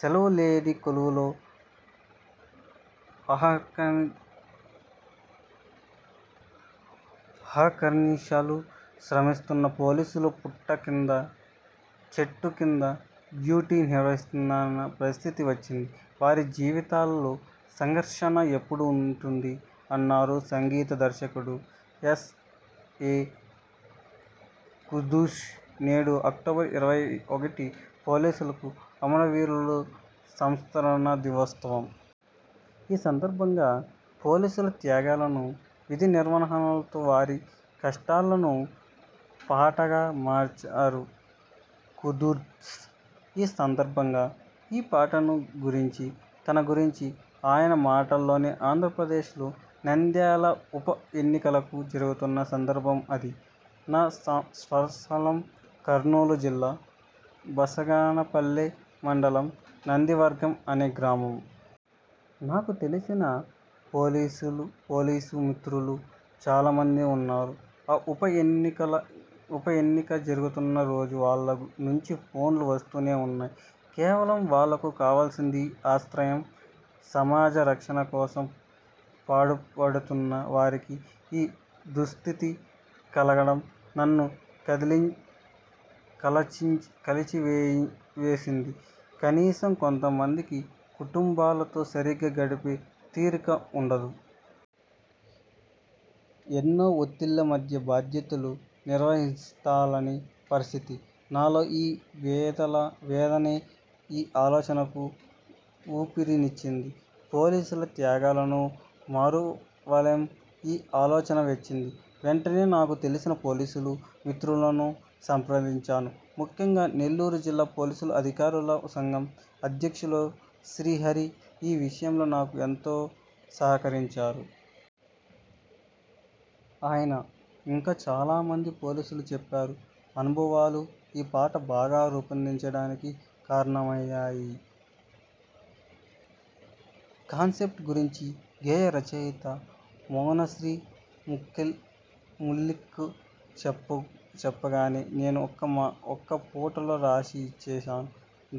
సెలవు లేని కొలువులో అహర్నిశలూ శ్రమిస్తున్న పోలీసులు పుట్ట కింద, చెట్టు కింద డ్యూటీ నిర్వర్తించాల్సిన పరిస్థితి వచ్చింది. వారి జీవితాల్లో సంఘర్షణ ఎప్పుడూ ఉంటుంది అన్నారు సంగీత దర్శకుడు ఎస్. ఎ ఖుద్దూస్. నేడు అక్టోబర్ ఇరవై ఒకటి పోలీసు అమరవీరుల సంస్మరణ దినోత్సవం. ఈ సందర్భంగా పోలీసుల త్యాగాలను, విధి నిర్వహణలో వారి కష్టాలను పాటగా మార్చారు ఖుద్దూస్ ఈ సందర్భంగా ఈ పాట గురించి, తన గురించి ఆయన మాటల్లోనే! ఆంధ్రప్రదేశ్లోని నంద్యాల ఉప ఎన్నికలు జరుగుతున్న సందర్భం అది. నా స్వస్థలం కర్నూలు జిల్లా బసాగానపల్లె మండలం నందివర్గం అనే గ్రామం. నాకు తెలిసిన పోలీసు మిత్రులు చాలా మంది ఉన్నారు. ఆ ఉప ఎన్నిక జరుగుతున్న రోజు వాళ్ల నుంచి ఫోన్లు వస్తూనే ఉన్నాయి. కేవలం వాళ్లకు కావాల్సింది ఆశ్రయం. సమాజ రక్షణ కోసం పాటుపడుతున్న వరికి ఈ దుఃస్థితి కలగడం నన్ను కలచివేసింది. కనీసం కొంత మందికి కుటుంబం లాతో సరిగ్గా గడిపే తీరికా ఉండదు. ఎన్నో ఒత్తిళ్ల మధ్య బాధ్యతలు నిర్వర్తించాల్సిన పరిస్థితి. నాలో ఈ వేదనే ఈ ఆలోచనకు ఊపిరినిచ్చింది. పోలీసుల త్యాగాలను మరువలేం ఈ ఆలోచన వచ్చిన వెంటనే నాకు తెలిసిన పోలీసు మిత్రులను సంప్రదించాను. ముఖ్యంగా నెల్లూరు జిల్లా పోలీసు అధికారుల సంఘం అధ్యక్షులు శ్రీహరి ఈ విషయంలో నాకు ఎంతో సహకరించారు. ఆయన, ఇంకా చాలా మంది పోలీసులు చెప్పిన అనుభవాలు ఈ పాట బాగా రూపొందడానికి కారణమయ్యాయి. కాన్సెప్ట్ గురించి గేయ రచయిత మౌనశ్రీ మల్లిక్కు చెప్పగానే, ఒక్క పూటలో రాసి ఇచ్చేశారు.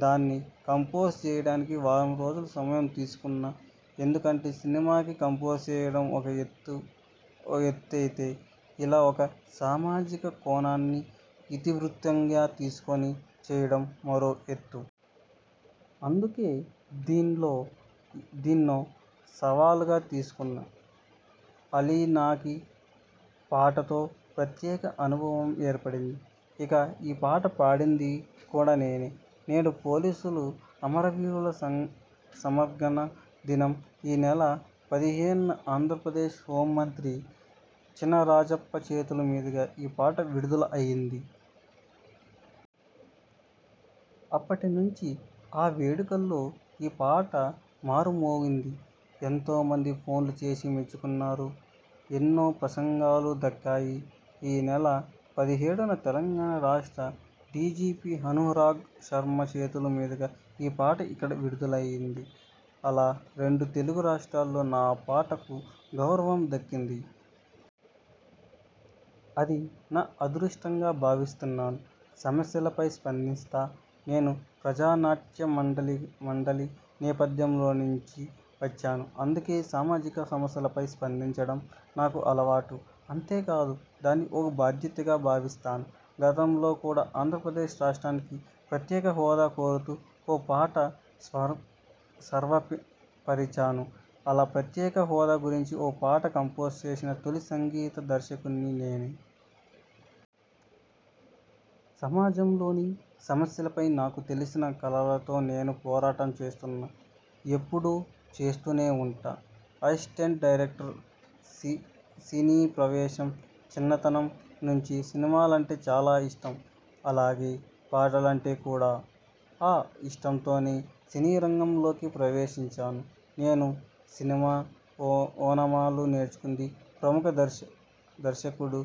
దన్ని కంపోజ్ చేయడానికి వారం రోజుల సమయం తీసుకున్నా. ఎందుకంటే సినిమాకీ కంపోజ్ చేయడం ఒక ఎత్తయితే ఇలా ఓ సామాజిక కోణాన్ని ఇతివృత్తంగా తీసుకుని చేయడం మరో ఎత్తు. అందుకే దీన్నో సవాల్గా తీసుకున్నా. అ లి నాకీ పాటతో ప్రత్యేక అనుబంధం ఏర్పడింది. ఇక ఈ పాట పాడింది కూడా నేనే. నేడు పోలీసు అమరవీరుల సంస్మరణ దినం. ఈ నెల పదిహేనున ఆంధ్రప్రదేశ్ హోంమంత్రి చినరాజప్ప చేతుల మీదుగా ఈ పాట విడుదల అయింది. అప్పటి నుంచి ఆ వేడుకల్లో ఈ పాట మార్మోగిపోయింది. ఎంతో మంది ఫోన్ చేసి మెచ్చుకున్నారు. ఎన్నో ప్రశంగాలు దక్కాయి. ఈ నెల పదిహేడున తెలంగాణ రాష్ట్ర డీజీపీ అనురాగ్ శర్మ చేతుల మీదుగా ఈ పాట ఇక్కడ విడుదలైంది. అలా రెండు తెలుగు రాష్ట్రాల్లో నా పాటకు గౌరవం దక్కింది. ఆది నా అదృష్టంగా భావిస్తున్నా. సమస్యలపై స్పందిస్తా నేను ప్రజానాట్య మండలి నేపథ్యంలోంచి వచ్చాను. అందుకే సామాజిక సమస్యలపై స్పందించడం నాకు అలవాటు. అంతేకాదు దాన్ని ఓ బాధ్యతగా భావిస్తాను. గతంలో కూడా ఆంధ్రప్రదేశ్ రాష్ట్రానికి ప్రత్యేక హోదా కోరుతూ ఓ పాట స్వరపరిచాను. ఇలా ప్రత్యేక హోదా గురించి ఓ పాట కంపోజ్ చేసిన తొలి సంగీత దర్శకుణ్ణి నేనే. సమాజంలోని సమస్యలపై నాకు తెలిసిన కళతో నేను పోరాటం చేస్తున్నా. ఎప్పుడూ చేస్తూనే ఉంటా. అసిస్టెంట్ డైరెక్టర్గా సినీ ప్రవేశం చిన్నతనం నుంచి సినిమాలంటే చాలా ఇష్టం. అలాగే పాటం లాటే కూడా! ఆ ఇష్టంతోనే సినీ రంగంలోకి ప్రవేశించాను. నేను సినిమా ఓనమాలు నేర్చుకుంది ప్రముఖ దర్శకుడు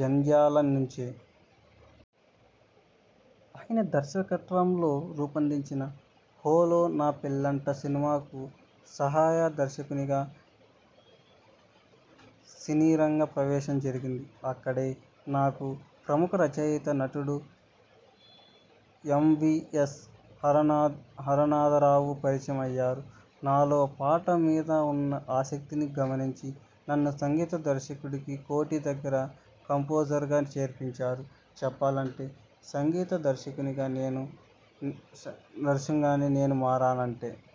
జంధ్యాల నుంచే. ఆయన దర్శకత్వంలో రూపొందిన 'ఓహో నా పెళ్లంట' సినిమాకు సహాయ దర్శకునిగా సినీరంగ ప్రవేశం జరిగింది. అక్కడే నాకు ప్రముఖ రచయిత, నటుడు ఎం. వి. ఎస్ హరనాథరావు పరిచయం అయ్యారు. నాలో పాట మీద ఉన్న ఆసక్తిని గమనించి, నన్ను సంగీత దర్శకుడు కోటి దగ్గర కంపోజర్గా చేర్పించారు. చెప్పాలంటే, సంగీత దర్శకునిగా నేను మారానంటే